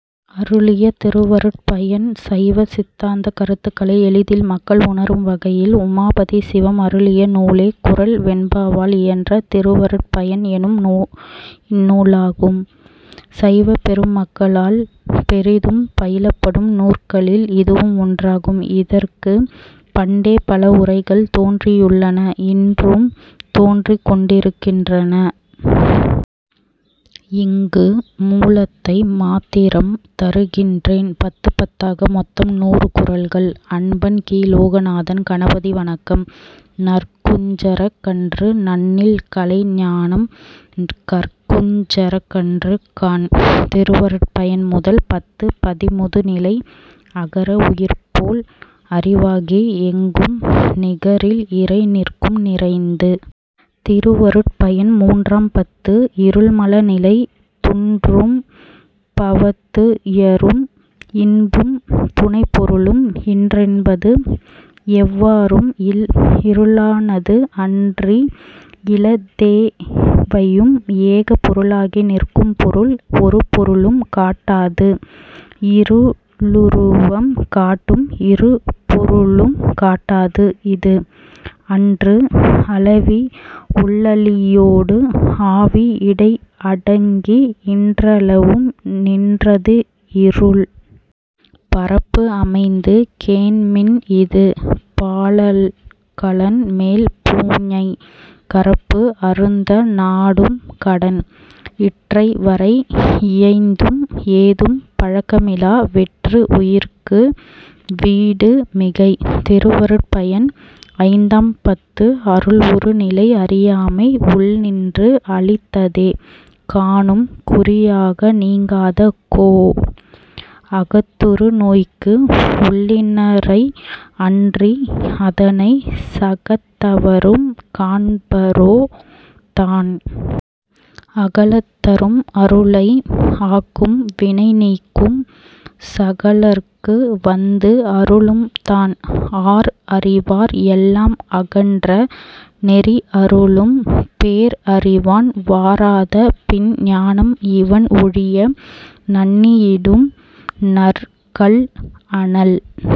அருளிய திருவருட்பயன் சைவ சித்தாந்தக் கருத்துக்களை எளிதில் மக்கள் உணரும் வகையில் உமாபதி சிவம் அருளிய நூலே குறள் வெண்பாவால் இயன்ற திருவருட்பயன் எனும் இந்நூலாகும். சைவ பெருமக்களால் பெரிதும் பயிலப்படும் நூற்களில் இதுவும் ஒன்றாகும். இதற்கு பண்டே பல உரைகள் தோன்றியுள்ளன இன்றும் தோன்றிக் கொண்டிருகின்றன. இங்கு மூலத்தை மாத்திரம் தருகின்றேன். பத்துப் பத்தாக மொத்தம் நூறு குறள்கள். அன்பன் கி. லோகநாதன் கணபதி வணக்கம் நற்குஞ்சரக் கன்று நண்ணில் கலைஞானம் கற்குஞ் சரக்கன்று காண். திருவருட்பயன் முதல் பத்து பதிமுது நிலை அகர உயிர்போல் அறிவாகி எங்கும் நிகரில் இறை நிற்கும் நிறைந்து. திருவருட்பயன் மூன்றாம் பத்து. இருள்மல நிலை துன்றும் பவத்துயரும் இன்பும் துணைப்பொருளும் இன்றென்பது எவ்வாறும் இல். இருளானது அன்றி இலதெவையும் ஏகப் பொருளாகி நிற்கும் பொருள். ஒருபொருளும் காட்டாது இருளுருவம் காட்டும் இருபொருளும் காட்டாது இது. அன்றுஅளவி உள்ளளியோடு ஆவி இடைஅடங்கி இன்றளவும் நின்றது இருள். பரப்புஅமைந்து கேண்மின்இது பாலல்கலன்மேல் பூஞை கரப்பு அருந்த நாடும் கடன். இற்றைவரை இயைந்தும் ஏதும் பழக்கமிலா வெற்று உயிர்க்கு வீடு மிகை. திருவருட்பயன் ஐந்தாம் பத்து அருள் உரு நிலை அறியாமை உள்நின்று அளித்ததே காணும் குறியாக நீங்காத கோ. அகத்துறு நோய்க்கு உள்ளினரை அன்றிஅதனை சகத்தவரும் காண்பரோ தான். அகலத் தரும் அருளை ஆக்கும் வினைநீக்கும் சகலர்க்கு வந்துஅருளும் தான். ஆர்அறிவார் எல்லாம் அகன்ற நெறிஅருளும் பேர்அறிவான் வாராத பின். ஞானம் இவன்ஒழிய நண்ணியிடும் நற்கல்அனல்